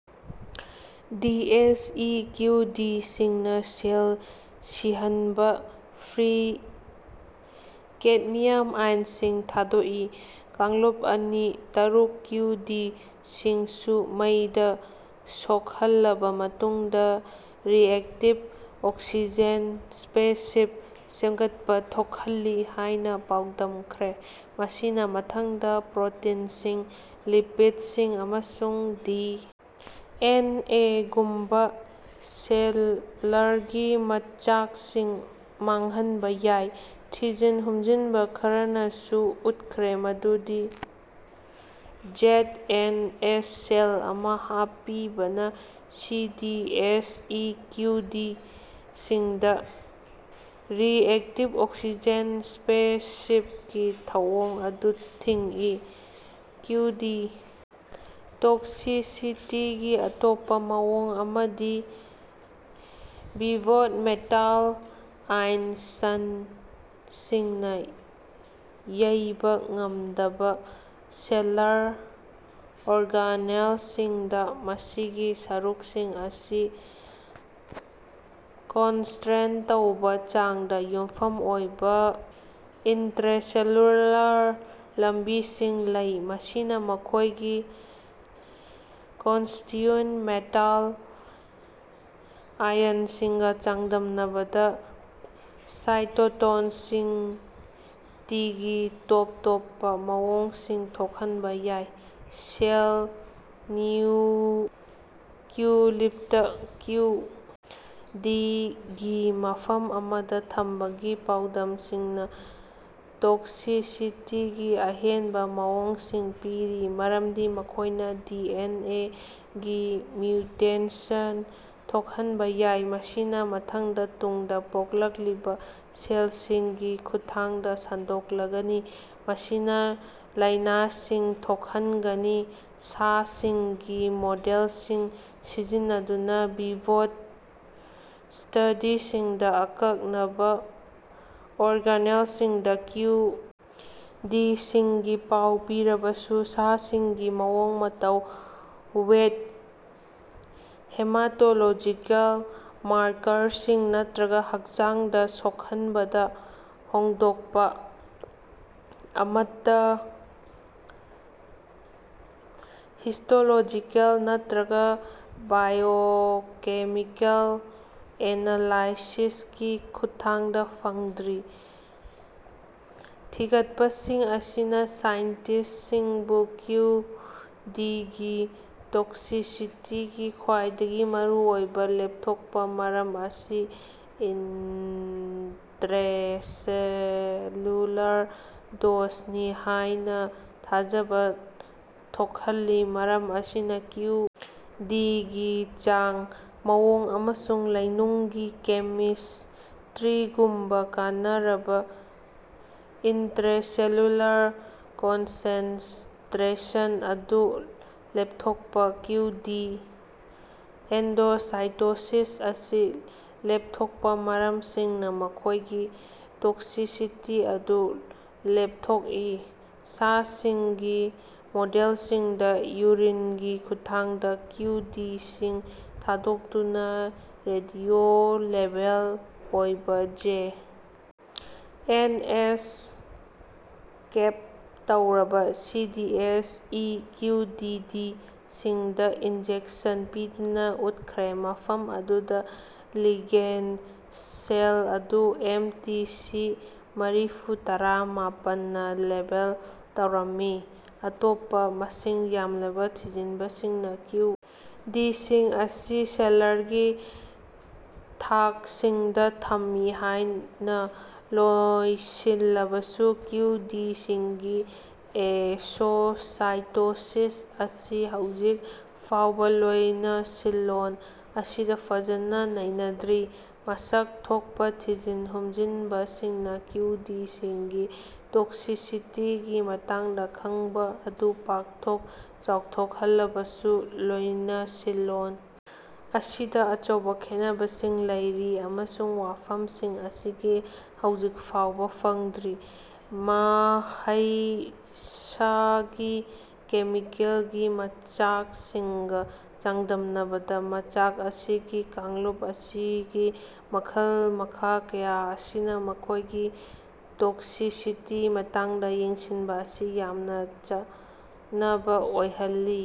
ꯗꯤ. S. E. Q. D. ꯁꯤꯡꯅ cell ꯁꯤꯍꯟꯕ free cadmium ꯑꯥꯏꯟꯁꯤꯡ ꯊꯥꯗꯣꯛꯏ꯫ ꯀꯥꯡꯂꯨꯞ ꯑꯅꯤ - ꯇꯔꯨꯛ ꯀ꯭ꯌꯨ. ꯗꯤ. ꯁꯤꯡꯁꯨ ꯃꯩꯗ ꯁꯣꯛꯍꯜꯂꯕ ꯃꯇꯨꯡꯗ ꯔꯤꯑꯦꯛꯇꯤꯕ ꯑꯣꯛꯁꯤꯖꯦꯟ ꯁ꯭ꯄꯦꯁꯤꯁ ꯁꯦꯝꯒꯠꯄ ꯊꯣꯛꯍꯜꯂꯤ ꯍꯥꯏꯅ ꯄꯥꯎꯗꯝꯈ꯭ꯔꯦ, ꯃꯁꯤꯅ ꯃꯊꯪꯗ ꯄ꯭ꯔꯣꯇꯤꯟꯁꯤꯡ, ꯂꯤꯄꯤꯗꯁꯤꯡ, ꯑꯃꯁꯨꯡ ꯗꯤ. ꯑꯦꯟ. ꯑꯦ. ꯒꯨꯝꯕ ꯁꯦꯜꯂꯔꯒꯤ ꯃꯆꯥꯛꯁꯤꯡ ꯃꯥꯡꯍꯟꯕ ꯌꯥꯏ꯫ ꯊꯤꯖꯟ ꯍꯨꯝꯖꯟꯕ ꯈꯔꯅꯁꯨ ꯎꯠꯈ꯭ꯔꯦ ꯃꯗꯨꯗꯤ ꯖꯦꯗ. ꯑꯦꯟ. ꯑꯦꯁ. ꯁꯦꯜ ꯑꯃ ꯍꯥꯞꯄꯤꯕꯅ C. D. S. E. Q. D. ꯁꯤꯡꯗ ꯔꯤꯑꯦꯛꯇꯤꯕ ꯑꯣꯛꯁꯤꯖꯦꯟ ꯁ꯭ꯄꯦꯁꯤꯖꯀꯤ ꯊꯧꯑꯣꯡ ꯑꯗꯨ ꯊꯤꯡꯏ꯫ ꯀ꯭ꯌꯨ. ꯗꯤ. ꯇꯣꯛꯁꯤꯁꯤꯇꯤꯒꯤ ꯑꯇꯣꯞꯄ ꯃꯑꯣꯡ ꯑꯃꯗꯤ ꯚꯤꯚꯣꯗ, ꯃꯦꯇꯥꯜ ꯑꯥꯏꯟꯁꯟꯁꯤꯡꯅ ꯌꯩꯕ ꯉꯝꯗꯕ ꯁꯦꯜꯂꯔ ꯑꯣꯔꯒꯅꯦꯜꯁꯤꯡꯗ ꯃꯁꯤꯒꯤ ꯁꯔꯨꯛꯁꯤꯡ ꯑꯁꯤ ꯀꯣꯟꯁ꯭ꯇ꯭ꯔꯦꯠ ꯇꯧꯕ ꯆꯥꯡꯗ ꯌꯨꯝꯐꯝ ꯑꯣꯏꯕ ꯏꯟꯇ꯭ꯔꯦꯁꯦꯂꯨꯂꯔ ꯂꯝꯕꯤꯁꯤꯡ ꯂꯩ, ꯃꯁꯤꯅ ꯃꯈꯣꯏꯒꯤ ꯀꯣꯟꯁ꯭ꯇꯤꯌꯨꯟ ꯃꯦꯇꯥꯜ ꯑꯥꯌꯟꯁꯤꯡꯒ ꯆꯥꯡꯗꯝꯅꯕꯗ ꯁꯥꯏꯇꯣꯇꯣꯟꯁꯤꯡꯇꯤꯒꯤ ꯇꯣꯞ ꯇꯣꯞꯄ ꯃꯑꯣꯡꯁꯤꯡ ꯊꯣꯛꯍꯟꯕ ꯌꯥꯏ꯫ ꯁꯦꯜ ꯅ꯭ꯌꯨꯀ꯭ꯌꯨꯂꯤꯞꯇ ꯀ꯭ꯌꯨ. ꯗꯤ. ꯒꯤ ꯃꯐꯝ ꯑꯃꯗ ꯊꯝꯕꯒꯤ ꯄꯥꯎꯗꯝꯁꯤꯡꯅ ꯇꯣꯛꯁꯤꯁꯤꯇꯤꯒꯤ ꯑꯍꯦꯟꯕ ꯃꯑꯣꯡꯁꯤꯡ ꯄꯤꯔꯤ ꯃꯔꯝꯗꯤ ꯃꯈꯣꯏꯅ ꯗꯤ. ꯑꯦꯟ. ꯑꯦ. ꯒꯤ ꯃ꯭ꯌꯨꯇꯦꯟꯁꯟ ꯊꯣꯛꯍꯟꯕ ꯌꯥꯏ, ꯃꯁꯤꯅ ꯃꯊꯪꯗ ꯇꯨꯡꯗ ꯄꯣꯛꯂꯛꯂꯤꯕ ꯁꯦꯜꯁꯤꯡꯒꯤ ꯈꯨꯠꯊꯥꯡꯗ ꯁꯟꯗꯣꯛꯂꯒꯅꯤ, ꯃꯁꯤꯅ ꯂꯥꯏꯅꯥꯁꯤꯡ ꯊꯣꯛꯍꯟꯒꯅꯤ꯫ ꯁꯥꯁꯤꯡꯒꯤ ꯃꯣꯗꯦꯜꯁꯤꯡ ꯁꯤꯖꯤꯟꯅꯗꯨꯅ ꯚꯤꯚꯣꯠ ꯁ꯭ꯇꯗꯤꯁꯤꯡꯗ ꯑꯀꯛꯅꯕ ꯑꯣꯔꯒꯅꯦꯜꯁꯤꯡꯗ ꯀ꯭ꯌꯨ. ꯗꯤ. ꯁꯤꯡꯒꯤ ꯄꯥꯎ ꯄꯤꯔꯕꯁꯨ, ꯁꯥꯁꯤꯡꯒꯤ ꯃꯑꯣꯡ-ꯃꯇꯧ, ꯋꯦꯠ, ꯍꯦꯃꯥꯇꯣꯂꯣꯖꯤꯀꯦꯜ ꯃꯥꯔꯀꯔꯁꯤꯡ, ꯅꯠꯇ꯭ꯔꯒ ꯍꯛꯆꯥꯡꯗ ꯁꯣꯛꯍꯟꯕꯗ ꯍꯣꯡꯗꯣꯛꯄ ꯑꯃꯠꯇ ꯍꯤꯁꯇꯣꯂꯣꯖꯤꯀꯦꯜ ꯅꯠꯇ꯭ꯔꯒ ꯕꯥꯏꯑꯣꯀꯦꯃꯤꯀꯦꯜ ꯑꯦꯅꯥꯂꯥꯏꯁꯤꯁꯀꯤ ꯈꯨꯠꯊꯥꯡꯗ ꯐꯪꯗ꯭ꯔꯤ꯫ ꯊꯤꯒꯠꯄꯁꯤꯡ ꯑꯁꯤꯅ ꯁꯥꯏꯟꯇꯤꯁ꯭ꯠꯁꯤꯡꯕꯨ ꯀ꯭ꯌꯨ. ꯗꯤ. ꯒꯤ ꯇꯣꯛꯁꯤꯁꯤꯇꯤꯒꯤ ꯈ꯭ꯋꯥꯏꯗꯒꯤ ꯃꯔꯨꯑꯣꯏꯕ ꯂꯦꯞꯊꯣꯛꯄ ꯃꯔꯝ ꯑꯁꯤ ꯏꯟꯇ꯭ꯔꯦꯁꯦꯂ꯭ꯌꯨꯂꯔ ꯗꯣꯁꯅꯤ ꯍꯥꯏꯅ ꯊꯥꯖꯕ ꯊꯣꯛꯍꯜꯂꯤ꯫ ꯃꯔꯝ ꯑꯁꯤꯅ ꯀ꯭ꯌꯨ. ꯗꯤ. ꯒꯤ ꯆꯥꯡ, ꯃꯑꯣꯡ ꯑꯃꯁꯨꯡ ꯂꯩꯅꯨꯡꯒꯤ ꯀꯦꯃꯤꯁꯇ꯭ꯔꯤꯒꯨꯝꯕ ꯀꯥꯟꯅꯔꯕ ꯏꯟꯇ꯭ꯔꯦꯁꯦꯂꯨꯂꯔ ꯀꯣꯟꯁꯦꯟꯇ꯭ꯔꯦꯁꯟ ꯑꯗꯨ ꯂꯦꯞꯊꯣꯛꯄ ꯀ꯭ꯌꯨ, ꯗꯤ. ꯑꯦꯟꯗꯣꯁꯥꯏꯇꯣꯁꯤꯁ ꯑꯁꯤ ꯂꯦꯞꯊꯣꯛꯄ ꯃꯔꯝꯁꯤꯡꯅ ꯃꯈꯣꯏꯒꯤ ꯇꯣꯛꯁꯤꯁꯤꯇꯤ ꯑꯗꯨ ꯂꯦꯞꯊꯣꯛꯏ꯫ ꯁꯥꯁꯤꯡꯒꯤ ꯃꯣꯗꯦꯜꯁꯤꯡꯗ ꯌꯨꯔꯤꯟꯒꯤ ꯈꯨꯠꯊꯥꯡꯗ ꯀ꯭ꯌꯨ. ꯗꯤ. ꯁꯤꯡ ꯊꯥꯗꯣꯛꯇꯨꯅ ꯔꯦꯗꯤꯑꯣ-ꯂꯦꯕꯦꯜ ꯑꯣꯏꯕ ꯖꯦ. ꯑꯦꯟ. ꯑꯦꯁ. -ꯀꯦꯞ ꯇꯧꯔꯕ C. D. S. E. Q, D. D. ꯁꯤꯡꯗ ꯏꯟꯖꯦꯛꯁꯟ ꯄꯤꯗꯨꯅ ꯎꯠꯈ꯭ꯔꯦ ꯃꯐꯝ ꯑꯗꯨꯗ ꯂꯤꯒꯦꯟꯗ ꯁꯦꯜ ꯑꯗꯨ ꯑꯦꯝ. ꯇꯤ. ꯁꯤ. ꯃꯔꯤꯐꯨꯇꯔꯥ - ꯃꯥꯄꯜꯅ ꯂꯦꯕꯦꯜ ꯇꯧꯔꯝꯃꯤ꯫ ꯑꯇꯣꯞꯄ ꯃꯁꯤꯡ ꯌꯥꯝꯂꯕ ꯊꯤꯖꯤꯟꯕꯁꯤꯡꯅ ꯀ꯭ꯌꯨ. ꯗꯤ. ꯁꯤꯡ ꯑꯁꯤ ꯁꯦꯜꯂꯔꯒꯤ ꯊꯥꯛꯁꯤꯡꯗ ꯊꯝꯃꯤ ꯍꯥꯏꯅ ꯂꯣꯏꯁꯤꯜꯂꯕꯁꯨ, ꯀ꯭ꯌꯨ, ꯗꯤ. ꯁꯤꯡꯒꯤ ꯑꯦꯛꯁꯣꯁꯥꯏꯇꯣꯁꯤꯁ ꯑꯁꯤ ꯍꯧꯖꯤꯛ ꯐꯥꯎꯕ ꯂꯣꯏꯅꯁꯤꯂꯣꯟ ꯑꯁꯤꯗ ꯐꯖꯅ ꯅꯩꯅꯗ꯭ꯔꯤ꯫ ꯃꯁꯛ ꯊꯣꯛꯄ ꯊꯤꯖꯟ ꯍꯨꯝꯖꯟꯕꯁꯤꯡꯅ ꯀ꯭ꯌꯨ. ꯗꯤ. ꯁꯤꯡꯒꯤ ꯇꯣꯛꯁꯤꯁꯤꯁꯤꯇꯤꯒꯤ ꯃꯇꯥꯡꯗ ꯈꯪꯕ ꯑꯗꯨ ꯄꯥꯛꯊꯣꯛ ꯆꯥꯎꯊꯣꯛꯍꯜꯂꯕꯁꯨ, ꯂꯣꯏꯅꯁꯤꯂꯣꯟ ꯑꯁꯤꯗ ꯑꯆꯧꯕ ꯈꯦꯠꯅꯕꯁꯤꯡ ꯂꯩꯔꯤ, ꯑꯃꯁꯨꯡ ꯋꯥꯐꯝꯁꯤꯡ ꯑꯁꯤꯒꯤ ꯍꯧꯖꯤꯛ ꯐꯥꯎꯕ ꯐꯪꯗ꯭ꯔꯤ꯫ ꯃꯍꯩꯁꯥꯒꯤ ꯀꯦꯃꯤꯀꯦꯜꯒꯤ ꯃꯆꯥꯛꯁꯤꯡꯒ ꯆꯥꯡꯗꯝꯅꯕꯗ ꯃꯆꯥꯛ ꯑꯁꯤꯒꯤ ꯀꯥꯡꯂꯨꯞ ꯑꯁꯤꯒꯤ ꯃꯈꯜ-ꯃꯈꯥ ꯀꯌꯥ ꯑꯁꯤꯅ ꯃꯈꯣꯏꯒꯤ ꯇꯣꯛꯁꯤꯁꯤꯇꯤ ꯃꯇꯥꯡꯗ ꯌꯦꯡꯁꯤꯟꯕ ꯑꯁꯤ ꯌꯥꯝꯅ ꯆꯡꯅꯕ ꯑꯣꯏꯍꯜꯂꯤ꯫